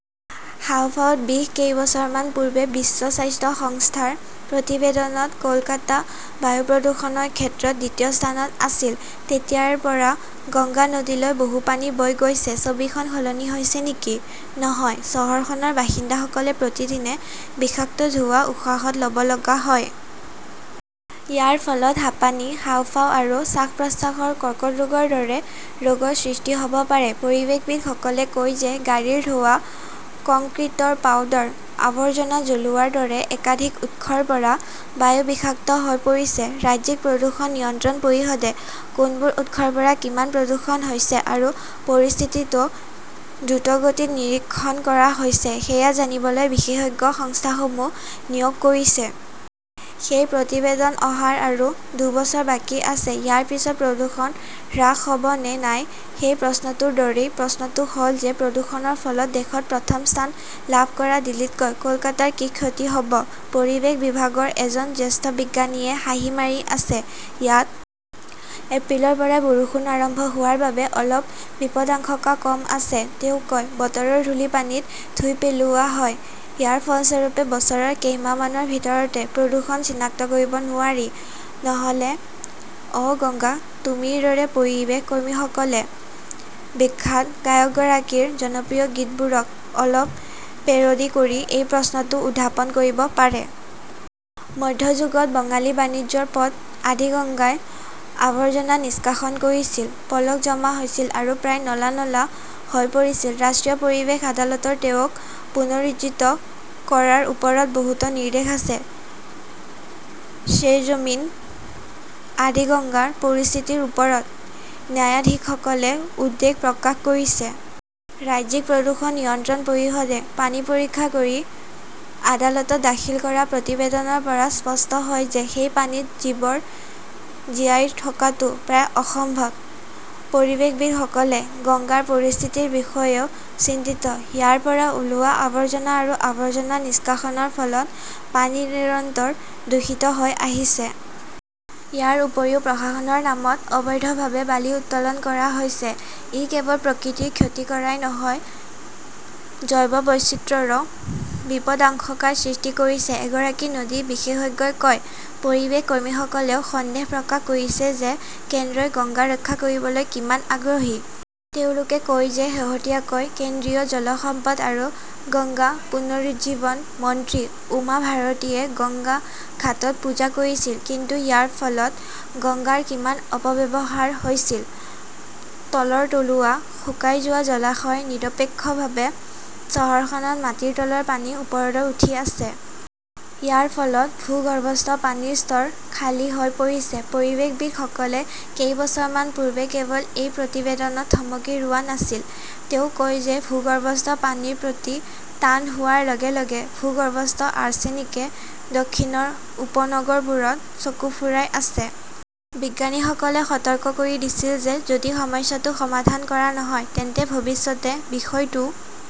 হাঁওফাঁওত বিষ কেইবছৰমান পূৰ্বে বিশ্ব স্বাস্থ্য সংস্থাৰ প্ৰতিবেদনত কলকাতা বায়ু প্ৰদূষণৰ ক্ষেত্ৰত দ্বিতীয় স্থানত আছিল। তেতিয়াৰ পৰা গংগা নদীলৈ বহু পানী বৈ গৈছে। ছবিখন সলনি হৈছে নেকি? নহয়, চহৰখনৰ বাসিন্দাসকলে প্ৰতিদিনে বিষাক্ত ধোঁৱা উশাহত লব লগা হয়। ইয়াৰ ফলত হাঁপানি, হাঁওফাঁও আৰু শ্বাস-প্ৰশ্বাসৰ কৰ্কট ৰোগৰ দৰে ৰোগৰ সৃষ্টি হব পাৰে। পৰিৱেশবিদ সকলে কয় যে, গাড়ীৰ ধোঁৱা, কংক্ৰিটৰ পাউডাৰ, আৱৰ্জনা জ্বলোৱাৰ দৰে একাধিক উৎসৰ পৰা বায়ু বিষাক্ত হৈ পৰিছে। ৰাজ্যিক প্ৰদূষণ নিয়ন্ত্ৰণ পৰিষদে কোনবোৰ উৎসৰ পৰা কিমান প্ৰদূষণ হৈছে আৰু পৰিস্থিতিটো দ্ৰুতগতিত নিৰীক্ষণ কৰা হৈছে সেয়া জানিবলৈ বিশেষজ্ঞ সংস্থাসমূহ নিয়োগ কৰিছে। সেই প্ৰতিবেদন অহাৰ আৰু দুবছৰ বাকী আছে। ইয়াৰ পিছত প্ৰদূষণ হ্ৰাস হব নে নাই সেই প্ৰশ্নটোৰ দৰেই প্ৰশ্নটো হল যে, প্ৰদূষণৰ ফলত দেশত প্ৰথম স্থান লাভ কৰা দিল্লীতকৈ কলকাতাৰ কি ক্ষতি হব? পৰিৱেশ বিভাগৰ এজন জ্যেষ্ঠ বিজ্ঞানীয়ে হাঁহি মাৰি আছে। ইয়াত এপ্ৰিলৰ পৰাই বৰষুণ আৰম্ভ হোৱাৰ বাবে অলপ বিপদাশংকা কম আছে, তেওঁ কয়। বতৰৰ ধূলি পানীত ধুই পেলোৱা হয়। ইয়াৰ ফলস্বৰূপে বছৰৰ কেইমাহমানৰ ভিতৰতে প্ৰদূষণ চিনাক্ত কৰিব নোৱাৰি। নহলে অ'গংগা তুমিৰ দৰে পৰিৱেশ কৰ্মীসকলে বিখ্যাত গায়কগৰাকীৰ জনপ্ৰিয় গীতবোৰক অলপ পেৰোডি কৰি এই প্ৰশ্নটো উত্থাপন কৰিব পাৰে। মধ্যযুগত বঙালী বাণিজ্যৰ পথ আদিগংগাই আবৰ্জনা নিষ্কাশন কৰিছিল, পলস জমা হৈছিল আৰু প্ৰায় নলা-নলা হৈ পৰিছিল। ৰাষ্ট্ৰীয় পৰিৱেশ আদালতৰ তেওঁক পুনৰুজ্জীৱিত কৰাৰ ওপৰত বহুতো নিৰ্দেশ আছে। শ্ৰেজমিন আদিগঙ্গাৰ পৰিস্থিতিৰ ওপৰত ন্যায়াধীশসকলে উদ্বেগ প্ৰকাশ কৰিছে। ৰাজ্যিক প্ৰদূষণ নিয়ন্ত্ৰণ পৰিষদে পানী পৰীক্ষা কৰি আদালতত দাখিল কৰা প্ৰতিবেদনৰ পৰা স্পষ্ট হয় যে সেই পানীত জীৱৰ জীয়াই থকাটো প্ৰায় অসম্ভৱ। পৰিৱেশবিদ সকলে গংগাৰ পৰিস্থিতিৰ বিষয়েও চিন্তিত। ইয়াৰ পৰা ওলোৱা আৱৰ্জনা আৰু আৱৰ্জনা নিষ্কাশনৰ ফলত পানী নিৰন্তৰ দূষিত হৈ আহিছে। ইয়াৰ উপৰিও প্ৰশাসনৰ নামত অবৈধভাৱে বালি উত্তোলন কৰা হৈছে। ই কেৱল প্ৰকৃতিৰ ক্ষতি কৰাই নহয়, জৈৱ বৈচিত্ৰ্যৰো বিপদাশংকাৰ সৃষ্টি কৰিছে, এগৰাকী নদী বিশেষজ্ঞই কয়। পৰিৱেশ কৰ্মীসকলেও সন্দেহ প্ৰকাশ কৰিছে যে কেন্দ্ৰই গংগা ৰক্ষা কৰিবলৈ কিমান আগ্ৰহী? তেওঁলোকে কয় যে শেহতীয়াকৈ কেন্দ্ৰীয় জল সম্পদ আৰু গংগা পুনৰুজ্জীৱন মন্ত্ৰী উমা ভাৰতীয়ে গংগা ঘাটত পূজা কৰিছিল। কিন্তু ইয়াৰ ফলত গংগাৰ কিমান অপব্যৱহাৰ হৈছিল? তলৰ তলুৱা, শুকাই যোৱা জলাশয় নিৰপেক্ষভাৱে চহৰখনত মাটিৰ তলৰ পানী ওপৰলৈ উঠি আছে। ইয়াৰ ফলত ভূগৰ্ভস্থ পানীৰ স্তৰ খালী হৈ পৰিছে। পৰিৱেশবিদ সকলে কেইবছৰমান পূৰ্বে কেৱল এই প্ৰতিবেদনত থমকি ৰোৱা নাছিল। তেওঁ কয় যে ভূগৰ্ভস্থ পানীৰ প্ৰতি টান হোৱাৰ লগে লগে বিষাক্ত আৰ্ছেনিকে দক্ষিণৰ উপনগৰবোৰত চকু ফুৰাই আছে। বিজ্ঞানীসকলে সতৰ্ক কৰি দিছিল যে যদি সমস্যাটো সমাধান কৰা নহয় তেন্তে ভৱিষ্যতে বিষয়টো--